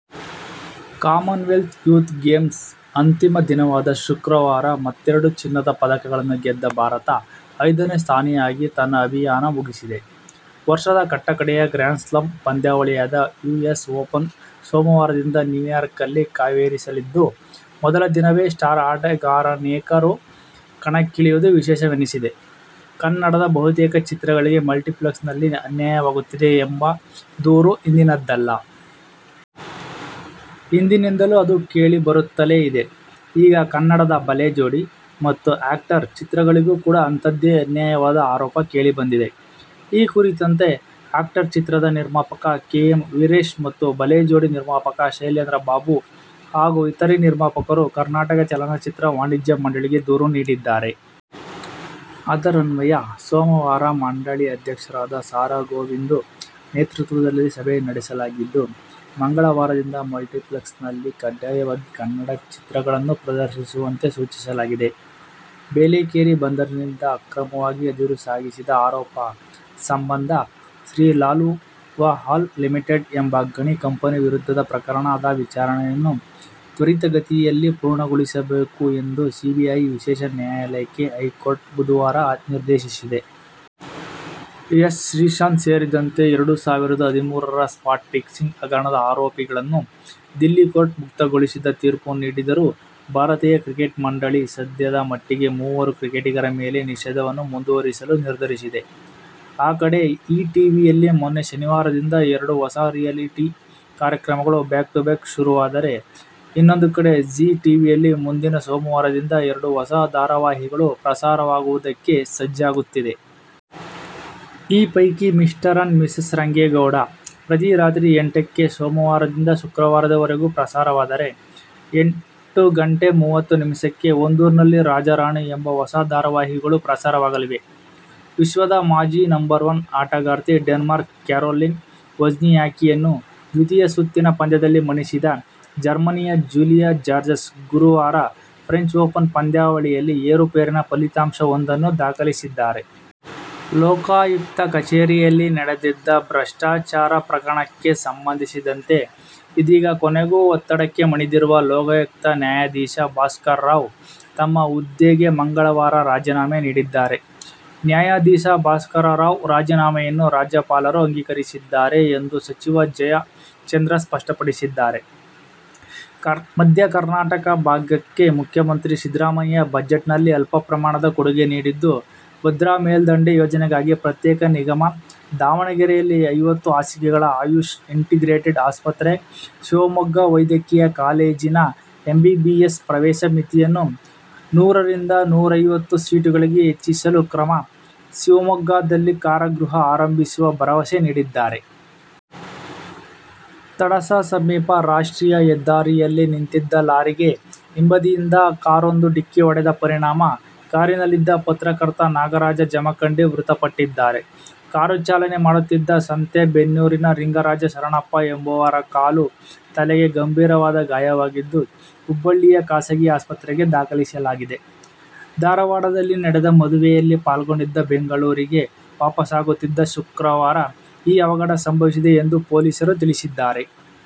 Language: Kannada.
ಕಾಮನ್ವೆಲ್ತ್ ಯೂತ್ ಗೇಮ್ಸ್ನ ಅಂತಿಮ ದಿನವಾದ ಶುಕ್ರವಾರ ಮತ್ತೆರಡು ಚಿನ್ನದ ಪದಕಗಳನ್ನು ಗೆದ್ದ ಭಾರತ ಐದನೇ ಸ್ಥಾನಿಯಾಗಿ ತನ್ನ ಅಭಿಯಾನ ಮುಗಿಸಿದೆ. ವರ್ಷದ ಕಟ್ಟಕಡೆಯ ಗ್ರ್ಯಾನ್ಸ್ಲಾಮ್ ಪಂದ್ಯಾವಳಿಯಾದ ಯುಎಸ್ ಓಪನ್ ಸೋಮವಾರದಿಂದ ನ್ಯೂಯಾರ್ಕ್ನಲ್ಲಿ ಕಾವೇರಿಸಿಕೊಳ್ಳಲಿದ್ದು, ಮೊದಲ ದಿನವೇ ಸ್ಟಾರ್ ಆಟಗಾರರನೇಕರು ಕಣಕ್ಕಿಳಿಯುವುದು ವಿಶೇಷವೆನಿಸಿದೆ. ಕನ್ನಡದ ಬಹುತೇಕ ಚಿತ್ರಗಳಿಗೆ ಮಲ್ಟಿಪ್ಲೆಕ್ಸ್ನಲ್ಲಿ ಅನ್ಯಾಯವಾಗುತ್ತಿದೆ ಎಂಬ ದೂರು ಇಂದಿನದ್ದಲ್ಲ. ಹಿಂದಿನಿಂದಲೂ ಅದು ಕೇಳಿಬರುತ್ತಲೇ ಇದೆ. ಈಗ ಕನ್ನಡದ 'ಭಲೇ ಜೋಡಿ' ಮತ್ತು 'ಆ್ಯಕ್ಟರ್' ಚಿತ್ರಗಳಿಗೂ ಕೂಡ ಅಂಥದ್ದೇ ಅನ್ಯಾಯವಾದ ಆರೋಪ ಕೇಳಿಬಂದಿದೆ. ಈ ಕುರಿತಂತೆ 'ಆ್ಯಕ್ಟರ್' ಚಿತ್ರದ ನಿರ್ಮಾಪಕ ಕೆ. ಎಂ. ವೀರೇಶ್ ಮತ್ತು 'ಭಲೇ ಜೋಡಿ' ನಿರ್ಮಾಪಕ ಶೈಲೇಂದ್ರಬಾಬು ಹಾಗೂ ಇತರೆ ನಿರ್ಮಾಪಕರು ಕರ್ನಾಟಕ ಚಲನಚಿತ್ರ ವಾಣಿಜ್ಯ ಮಂಡಳಿಗೆ ದೂರು ನೀಡಿದ್ದಾರೆ. ಅದರನ್ವಯ ಸೋಮವಾರ ಮಂಡಳಿ ಅಧ್ಯಕ್ಷರಾದ ಸಾ. ರಾ. ಗೋವಿಂದು ನೇತೃತ್ವದಲ್ಲಿ ಸಭೆ ನಡೆಸಲಾಗಿದ್ದು, ಮಂಗಳವಾರದಿಂದ ಮಲ್ಟಿಪ್ಲೆಕ್ಸ್ನಲ್ಲಿ ಕಡ್ಡಾಯವಾಗಿ ಕನ್ನಡ ಚಿತ್ರಗಳನ್ನು ಪ್ರದರ್ಶಿಸುವಂತೆ ಸೂಚಿಸಲಾಗಿದೆ. ಬೇಲೆಕೇರಿ ಬಂದರಿನಿಂದ ಅಕ್ರಮವಾಗಿ ಅದಿರು ಸಾಗಿಸಿದ ಆರೋಪ ಸಂಬಂಧ ಶ್ರೀಲಾಲ್ವುಹಲ್ ಲಿಮಿಟೆಡ್ ಎಂಬ ಗಣಿ ಕಂಪನಿ ವಿರುದ್ಧದ ಪ್ರಕರಣದ ವಿಚಾರಣೆಯನ್ನು ತ್ವರಿತಗತಿಯಲ್ಲಿ ಪೂರ್ಣಗೊಳಿಸಬೇಕು ಎಂದು ಸಿಬಿಐ ವಿಶೇಷ ನ್ಯಾಯಾಲಯಕ್ಕೆ ಹೈಕೋರ್ಟ್ ಬುಧವಾರ ನಿರ್ದೇಶಿಸಿದೆ. ಎಸ್. ಶ್ರೀಶಾಂತ್ ಸೇರಿದಂತೆ ಎರಡು ಸಾವಿರದ ಹದಿಮೂರರ ಸ್ಪಾಟ್ ಫಿಕ್ಸಿಂಗ್ ಹಗರಣದ ಆರೋಪಿಗಳನ್ನು ದಿಲ್ಲಿ ಕೋರ್ಟ್ ಮುಕ್ತಗೊಳಿಸಿದ ತೀರ್ಪು ನೀಡಿದರೂ ಭಾರತೀಯ ಕ್ರಿಕೆಟ್ ಮಂಡಳಿ ಸದ್ಯದ ಮಟ್ಟಿಗೆ ಮೂವರು ಕ್ರಿಕೆಟಿಗರ ಮೇಲಿನ ನಿಷೇಧವನ್ನು ಮುಂದುವರಿಸಲು ನಿರ್ಧರಿಸಿದೆ. ಆ ಕಡೆ ಈ ಟಿವಿಯಲ್ಲಿ ಮೊನ್ನೆ ಶನಿವಾರದಿಂದ ಎರಡು ಹೊಸ ರಿಯಾಲಿಟಿ ಕಾರ್ಯಕ್ರಮಗಳು ಬ್ಯಾಕ್ ಟು ಬ್ಯಾಕ್ ಶುರುವಾದರೆ, ಇನ್ನೊಂದು ಕಡೆ ಜೀ ಟಿವಿಯಲ್ಲಿ ಮುಂದಿನ ಸೋಮವಾರದಿಂದ ಎರಡು ಹೊಸ ಧಾರಾವಾಹಿಗಳು ಪ್ರಸಾರವಾಗುವುದಕ್ಕೆ ಸಜ್ಜಾಗುತ್ತಿದೆ. ಈ ಪೈಕಿ "ಮಿಸ್ಟರ್ ಅಂಡ್ ಮಿಸಸ್ ರಂಗೇಗೌಡ' ಪ್ರತಿ ರಾತ್ರಿ ಎಂಟಕ್ಕೆ ಸೋಮವಾರದಿಂದ ಶುಕ್ರವಾರದವರೆಗೂ ಪ್ರಸಾರವಾದರೆ, ಎಂಟು ಗಂಟೆ ಮೂವತ್ತು ನಿಮಿಷಕ್ಕೆ "ಒಂದೂರ್ನಲ್ಲಿ ರಾಜ-ರಾಣಿ' ಎಂಬ ಹೊಸ ಧಾರಾವಾಹಿಗಳು ಪ್ರಸಾರವಾಗಲಿವೆ. ವಿಶ್ವದ ಮಾಜಿ ನಂಬರ್ ವನ್ ಆಟಗಾರ್ತಿ ಡೆನ್ಮಾರ್ಕ್ನ ಕ್ಯಾರೋಲಿನ್ ವೋಜ್ನಿಯಾಕಿಯನ್ನು ದ್ವಿತೀಯ ಸುತ್ತಿನ ಪಂದ್ಯದಲ್ಲಿ ಮಣಿಸಿದ ಜರ್ಮನಿಯ ಜೂಲಿಯಾ ಜಾರ್ಜಸ್ ಗುರುವಾರ ಫ್ರೆಂಚ್ ಓಪನ್ ಪಂದ್ಯಾವಳಿಯಲ್ಲಿ ಏರುಪೇರಿನ ಫಲಿತಾಂಶವೊಂದನ್ನು ದಾಖಲಿಸಿದ್ದಾರೆ. ಲೋಕಾಯುಕ್ತ ಕಚೇರಿಯಲ್ಲಿ ನಡೆದಿದ್ದ ಭ್ರಷ್ಟಾಚಾರ ಪ್ರಕರಣಕ್ಕೆ ಸಂಬಂಧಿಸಿದಂತೆ ಇದೀಗ ಕೊನೆಗೂ ಒತ್ತಡಕ್ಕೆ ಮಣಿದಿರುವ ಲೋಕಾಯುಕ್ತ ನ್ಯಾಯಾಧೀಶ ಭಾಸ್ಕರರಾವ್ ತಮ್ಮ ಹುದ್ದೆಗೆ ಮಂಗಳವಾರ ರಾಜೀನಾಮೆ ನೀಡಿದ್ದಾರೆ. ನ್ಯಾಯಾಧೀಶ ಭಾಸ್ಕರರಾವ್ ರಾಜೀನಾಮೆಯನ್ನು ರಾಜ್ಯಪಾಲರು ಅಂಗೀಕರಿಸಿದ್ದಾರೆ ಎಂದು ಸಚಿವ ಜಯಚಂದ್ರ ಸ್ಪಷ್ಟಪಡಿಸಿದ್ದಾರೆ. ಮಧ್ಯ ಕರ್ನಾಟಕ ಭಾಗಕ್ಕೆ ಮುಖ್ಯಮಂತ್ರಿ ಸಿದ್ದರಾಮಯ್ಯ ಬಜೆಟ್ನಲ್ಲಿ ಅಲ್ಪ ಪ್ರಮಾಣದ ಕೊಡುಗೆ ನೀಡಿದ್ದು, ಭದ್ರಾ ಮೇಲ್ದಂಡೆ ಯೋಜನೆಗಾಗಿ ಪ್ರತ್ಯೇಕ ನಿಗಮ, ದಾವಣಗೆರೆಯಲ್ಲಿ ಐವತ್ತು ಹಾಸಿಗೆಗಳ ಆಯುಷ್ ಇಂಟಿಗ್ರೇಟೆಡ್ ಆಸ್ಪತ್ರೆ, ಶಿವಮೊಗ್ಗ ವೈದ್ಯಕೀಯ ಕಾಲೇಜಿನ ಎಂಬಿಬಿಎಸ್ ಪ್ರವೇಶ ಮಿತಿಯನ್ನು ನೂರರಿಂದ ನೂರೈವತ್ತು ಸೀಟುಗಳಿಗೆ ಹೆಚ್ಚಿಸಲು ಕ್ರಮ, ಶಿವಮೊಗ್ಗದಲ್ಲಿ ಕಾರಾಗೃಹ ಆರಂಭಿಸುವ ಭರವಸೆ ನೀಡಿದ್ದಾರೆ. ತಡಸ ಸಮೀಪ ರಾಷ್ಟ್ರೀಯ ಹೆದ್ದಾರಿಯಲ್ಲಿ ನಿಂತಿದ್ದ ಲಾರಿಗೆ ಹಿಂಬದಿಯಿಂದ ಕಾರೊಂದು ಡಿಕ್ಕಿ ಹೊಡೆದ ಪರಿಣಾಮ ಕಾರಿನಲ್ಲಿದ್ದ ಪತ್ರಕರ್ತ ನಾಗರಾಜ ಜಮಖಂಡಿ ಮೃತಪಟ್ಟಿದ್ದಾರೆ. ಕಾರು ಚಾಲನೆ ಮಾಡುತ್ತಿದ್ದ ಸಂತೇಬೆನ್ನೂರಿನ ಲಿಂಗರಾಜ ಶರಣಪ್ಪ ಎಂಬುವರ ಕಾಲು, ತಲೆಗೆ ಗಂಭೀರವಾದ ಗಾಯವಾಗಿದ್ದು, ಹುಬ್ಬಳ್ಳಿಯ ಖಾಸಗಿ ಆಸ್ಪತ್ರೆಗೆ ದಾಖಲಿಸಲಾಗಿದೆ. ಧಾರವಾಡದಲ್ಲಿ ನಡೆದ ಮದುವೆಯಲ್ಲಿ ಪಾಲ್ಗೊಂಡು ಬೆಂಗಳೂರಿಗೆ ವಾಪಸಾಗುತ್ತಿದ್ದಾಗ ಶುಕ್ರವಾರ ಈ ಅವಘಡ ಸಂಭವಿಸಿದೆ ಎಂದು ಪೊಲೀಸರು ತಿಳಿಸಿದ್ದಾರೆ.